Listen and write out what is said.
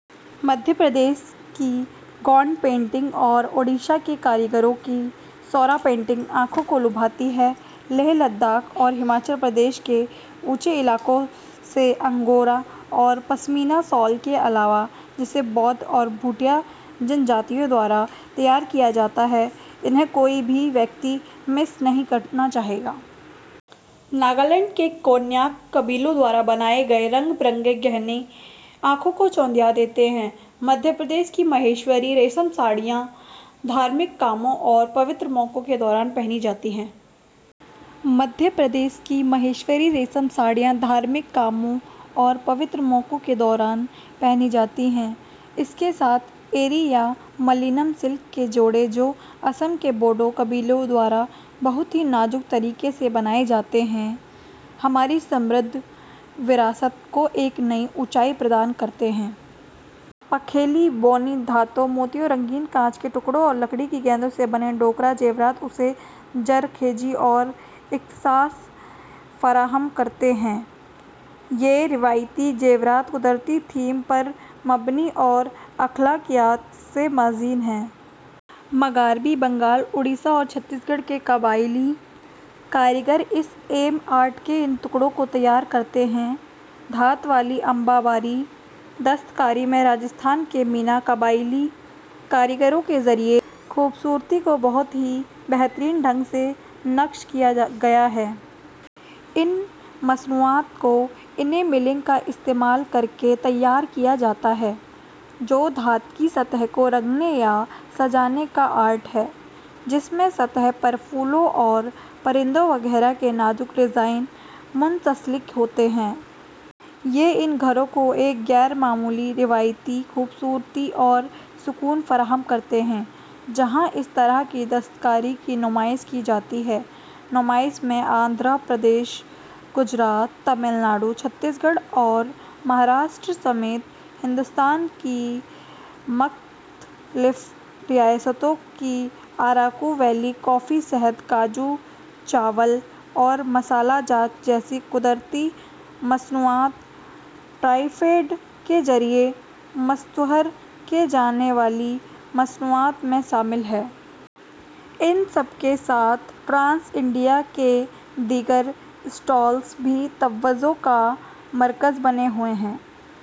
مدھیہ پردیش کی گوند پینٹنگ اور اوڈیشہ کے کاریگروں کی سورا پینٹنگ آنکھوں کو لبھاتی ہیں۔ لیہہ لداخ اور ہماچل پردیش کے اونچے علاقوں سے انگورا اور پشمینہ شال کے علاوہ جسے بودھ اور بھوٹیا قبائل کے ذریعہ تیار کیا جاتا ہے انہیں کوئی بھی شخص مس نہیں کرنا چاہے گا۔ ناگالینڈ کے کون یاک قبائل کے ذریعہ تیار کیے گئے رنگ برنگے زیورات آنکھوں کو خیرہ کرتے ہیں۔ مدھیہ پردیش کی مہیشوری ریشم ساڑیاں مذہبی امور اور مقدس موقعوں کے دوران پہنی جاتی ہیں۔ اس کے ساتھ ایری یا ملینئم سلک کے جوڑے جو آسام کے بوڈو قبائل کے ذریعہ بہت ہی نازک ڈھنگ سے بنائے جاتے ہیں ہماری مالا مال وراثت کو ایک نئی بلندی عطا کرتے ہیں۔ پگھلی ہوئی دھاتوں موتیوں رنگین کانچ کے ٹکڑوں اور لکڑی کی گیندوں سے بنے ڈھوکرا زیورات اسے زرخیزی اور اختصاص فراہم کرتے ہیں۔ یہ روایتی زیورات قدرتی تھیم پر مبنی اور اخلاقیات سے مزین ہیں۔ مغربی بنگال اوڈیشہ اور چھتیس گڑھ کے قبائلی کاریگر اس اہم آرٹ کے ان ٹکڑوں کو تیار کرتے ہیں۔ دھات والی امبا باری دستکاری میں راجستھان کے مینا قبائلی کاریگروں کے ذریعہ خوبصورتی کو بہت ہی بہترین ڈھنگ سے نقش کیا گیا ہے۔ ان مصنوعات کو اینامیلنگ کا استعمال کر کے تیار کیا جاتا ہے جو دھات کی سطح کو رنگنے یا سجانے کا آرٹ ہے جس میں سطح پر پھولوں اور پرندوں وغیرہ کے نازک ڈیزائن منسلک ہوتے ہیں۔ یہ ان گھروں کو ایک غیر معمولی روایتی خوبصورتی اور سکون فراہم کرتے ہیں جہاں اس طرح کی دستکاری کی نمائش کی جاتی ہے۔ نمائش میں آندھرا پردیش گجرات تمل ناڈو چھتیس گڑھ اور مہاراشٹر سمیت ہندوستان کی مختلف ریاستوں کی اراکو ویلی کافی شہد کاجو چاول اور مصالحہ جات جیسی قدرتی مصنوعات ٹرائفیڈ کے ذریعہ مشتہر کی جانے والی مصنوعات میں شامل ہیں۔ ان سب کے ساتھ ٹرائبس انڈیا کے دیگر اسٹالز بھی توجہ کا مرکز بنے ہوئے ہیں۔